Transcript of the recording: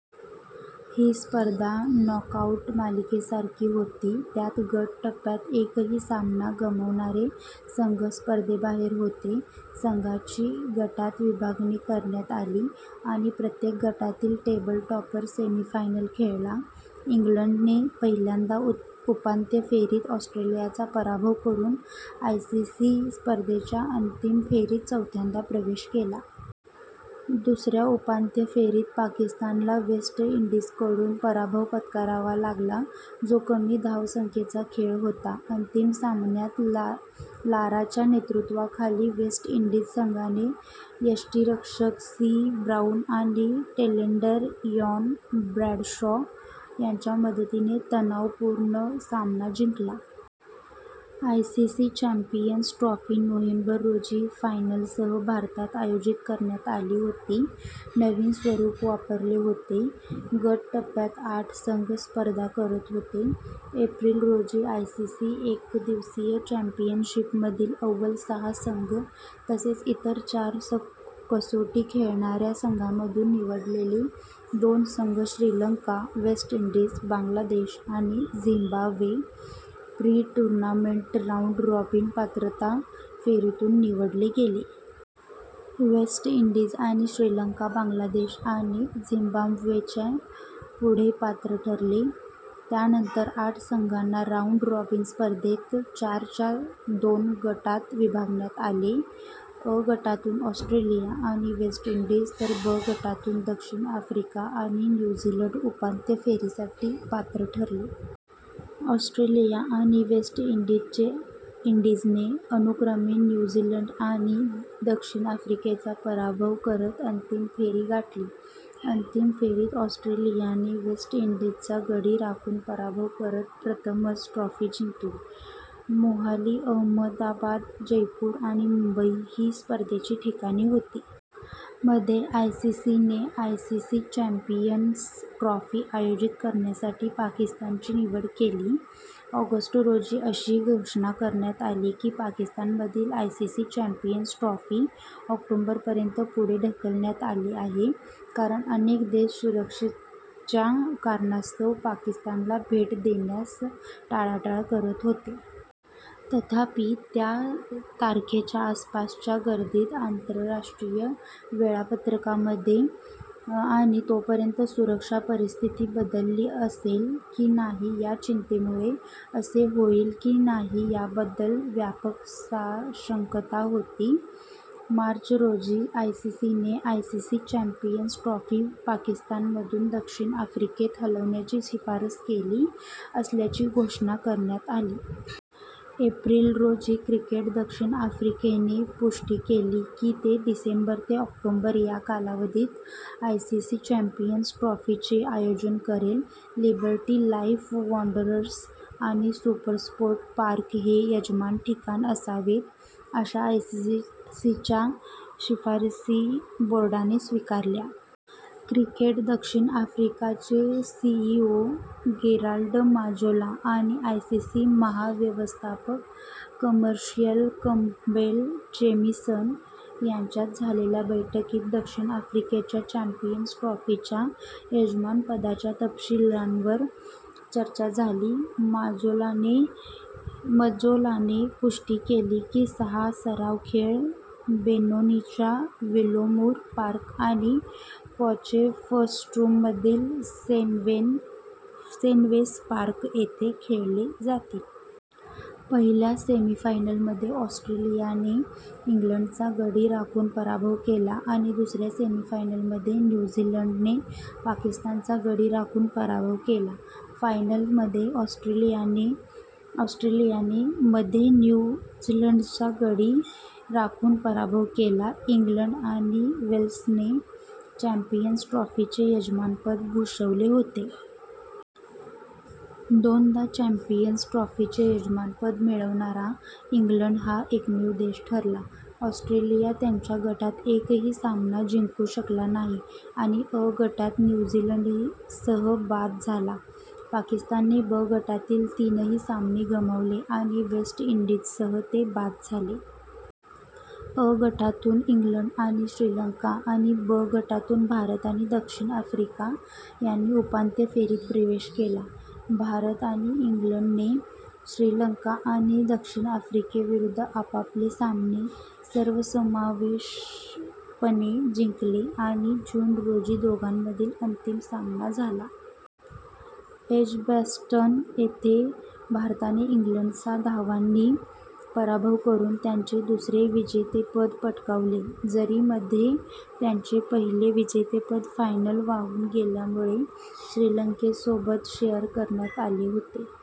ही स्पर्धा नॉकआऊट मालिकेसारखी होती ज्यात गट टप्प्यात एकही सामना गमावणारे संघ स्पर्धेबाहेर होते. संघांची गटात विभागणी करण्यात आली आणि प्रत्येक गटातील टेबल टॉपर सेमीफायनल खेळला. इंग्लंडने पहिल्या उपांत्य फेरीत ऑस्ट्रेलियाचा पराभव करून आयसीसी स्पर्धेच्या अंतिम फेरीत चौथ्यांदा प्रवेश केला. दुसऱ्या उपांत्य फेरीत पाकिस्तानला वेस्ट इंडीजकडून पराभव पत्करावा लागला, जो कमी धावसंख्येचा खेळ होता. अंतिम सामन्यात लाराच्या नेतृत्वाखाली वेस्ट इंडीज संघाने यष्टिरक्षक सी ब्राउन आणि टेलेंडर इयान ब्रॅडशॉ यांच्या मदतीने तणावपूर्ण सामना जिंकला. आयसीसी चॅम्पियन्स ट्रॉफी नोव्हेंबर रोजी फायनलसह भारतात आयोजित करण्यात आली होती. नवीन स्वरूप वापरले होते. गट टप्प्यात आठ संघ स्पर्धा करत होते: एप्रिल रोजी आयसीसी एकदिवसीय चॅम्पियनशिपमधील अव्वल सहा संघ, तसेच इतर चार कसोटी खेळणाऱ्या संघांमधून निवडलेले दोन संघ श्रीलंका, वेस्ट इंडीज, बांगलादेश आणि झिम्बाब्वे, प्री-टूर्नामेंट राऊंड रॉबिन पात्रता फेरीतून निवडले गेले. वेस्ट इंडीज आणि श्रीलंका बांगलादेश आणि झिम्बाब्वेच्या पुढे पात्र ठरले. त्यानंतर आठ संघांना राऊंड रॉबिन स्पर्धेत चारच्या दोन गटात विभागण्यात आले. अ गटातून ऑस्ट्रेलिया आणि वेस्ट इंडीज, तर ब गटातून दक्षिण आफ्रिका आणि न्यू झीलंड उपांत्य फेरीसाठी पात्र ठरले. ऑस्ट्रेलिया आणि वेस्ट इंडीजने अनुक्रमे न्यू झीलंड आणि दक्षिण आफ्रिकेचा पराभव करत अंतिम फेरी गाठली. अंतिम फेरीत ऑस्ट्रेलियाने वेस्ट इंडीजचा गडी राखून पराभव करत प्रथमच ट्रॉफी जिंकली. मोहाली, अहमदाबाद, जयपूर आणि मुंबई ही स्पर्धेची ठिकाणे होती. मध्ये, आयसीसीने आयसीसी चॅम्पियन्स ट्रॉफी आयोजित करण्यासाठी पाकिस्तानची निवड केली. ऑगस्ट रोजी अशी घोषणा करण्यात आली की पाकिस्तानमधील आयसीसी चॅम्पियन्स ट्रॉफी ऑक्टोबर पर्यंत पुढे ढकलण्यात आली आहे कारण अनेक देश सुरक्षेच्या कारणास्तव पाकिस्तानला भेट देण्यास टाळाटाळ करत होते. तथापि, त्या तारखेच्या आसपासच्या गर्दीच्या आंतरराष्ट्रीय वेळापत्रकामुळे आणि तोपर्यंत सुरक्षा परिस्थिती बदलली असेल की नाही या चिंतेमुळे, असे होईल की नाही याबद्दल व्यापक साशंकता होती. मार्च रोजी, आयसीसीने आयसीसी चॅम्पियन्स ट्रॉफी पाकिस्तानमधून दक्षिण आफ्रिकेत हलवण्याची शिफारस केली असल्याची घोषणा करण्यात आली. एप्रिल रोजी, क्रिकेट दक्षिण आफ्रिकेने पुष्टी केली की ते सप्टेंबर ते ऑक्टोबर या कालावधीत आयसीसी चॅम्पियन्स ट्रॉफीचे आयोजन करेल. लिबर्टी लाइफ वांडरर्स आणि सुपरस्पोर्ट पार्क हे यजमान ठिकाण असावेत अशा आयसीसीच्या शिफारशी बोर्डाने स्वीकारल्या. क्रिकेट दक्षिण आफ्रिकाचे सीईओ गेराल्ड माजोला आणि आयसीसी महाव्यवस्थापक – कमर्शियल, कॅम्पबेल जेमिसन यांच्यात झालेल्या बैठकीत दक्षिण आफ्रिकेच्या चॅम्पियन्स ट्रॉफीच्या यजमानपदाच्या तपशीलावर चर्चा झाली. मजोलाने पुष्टी केली की सहा सराव खेळ बेनोनीच्या विलोमूर पार्क आणि पॉचेफस्ट्रूममधील सेनवेस पार्क येथे खेळले जातील. पहिल्या सेमीफायनलमध्ये ऑस्ट्रेलियाने इंग्लंडचा गडी राखून पराभव केला आणि दुसऱ्या सेमीफायनलमध्ये न्यू झीलंडने पाकिस्तानचा गडी राखून पराभव केला, फायनलमध्ये ऑस्ट्रेलियाने मध्ये न्यू झीलंडचा गडी राखून पराभव केला. इंग्लंड आणि वेल्सने चॅम्पियन्स ट्रॉफीचे यजमानपद भूषवले होते. दोनदा चॅम्पियन्स ट्रॉफीचे यजमानपद मिळवणारा इंग्लंड हा एकमेव देश ठरला. ऑस्ट्रेलिया त्यांच्या गटात एकही सामना जिंकू शकला नाही आणि अ गटात न्यू झीलंडसह बाद झाला. पाकिस्तानने ब गटातील तीनही सामने गमावले आणि वेस्ट इंडीजसह ते बाद झाले. अ गटातून इंग्लंड आणि श्रीलंका आणि ब गटातून भारत आणि दक्षिण आफ्रिका यांनी उपांत्य फेरीत प्रवेश केला. भारत आणि इंग्लंडने श्रीलंका आणि दक्षिण आफ्रिकेविरुद्ध आपापले सामने सर्वसमावेशकपणे जिंकले आणि जून रोजी दोघांमधील अंतिम सामना झाला. एजबॅस्टन येथे भारताने इंग्लंडचा धावांनी पराभव करून त्यांचे दुसरे विजेतेपद पटकावले, जरी मध्ये त्यांचे पहिले विजेतेपद फायनल वाहून गेल्यामुळे श्रीलंकेसोबत शेअर करण्यात आले होते.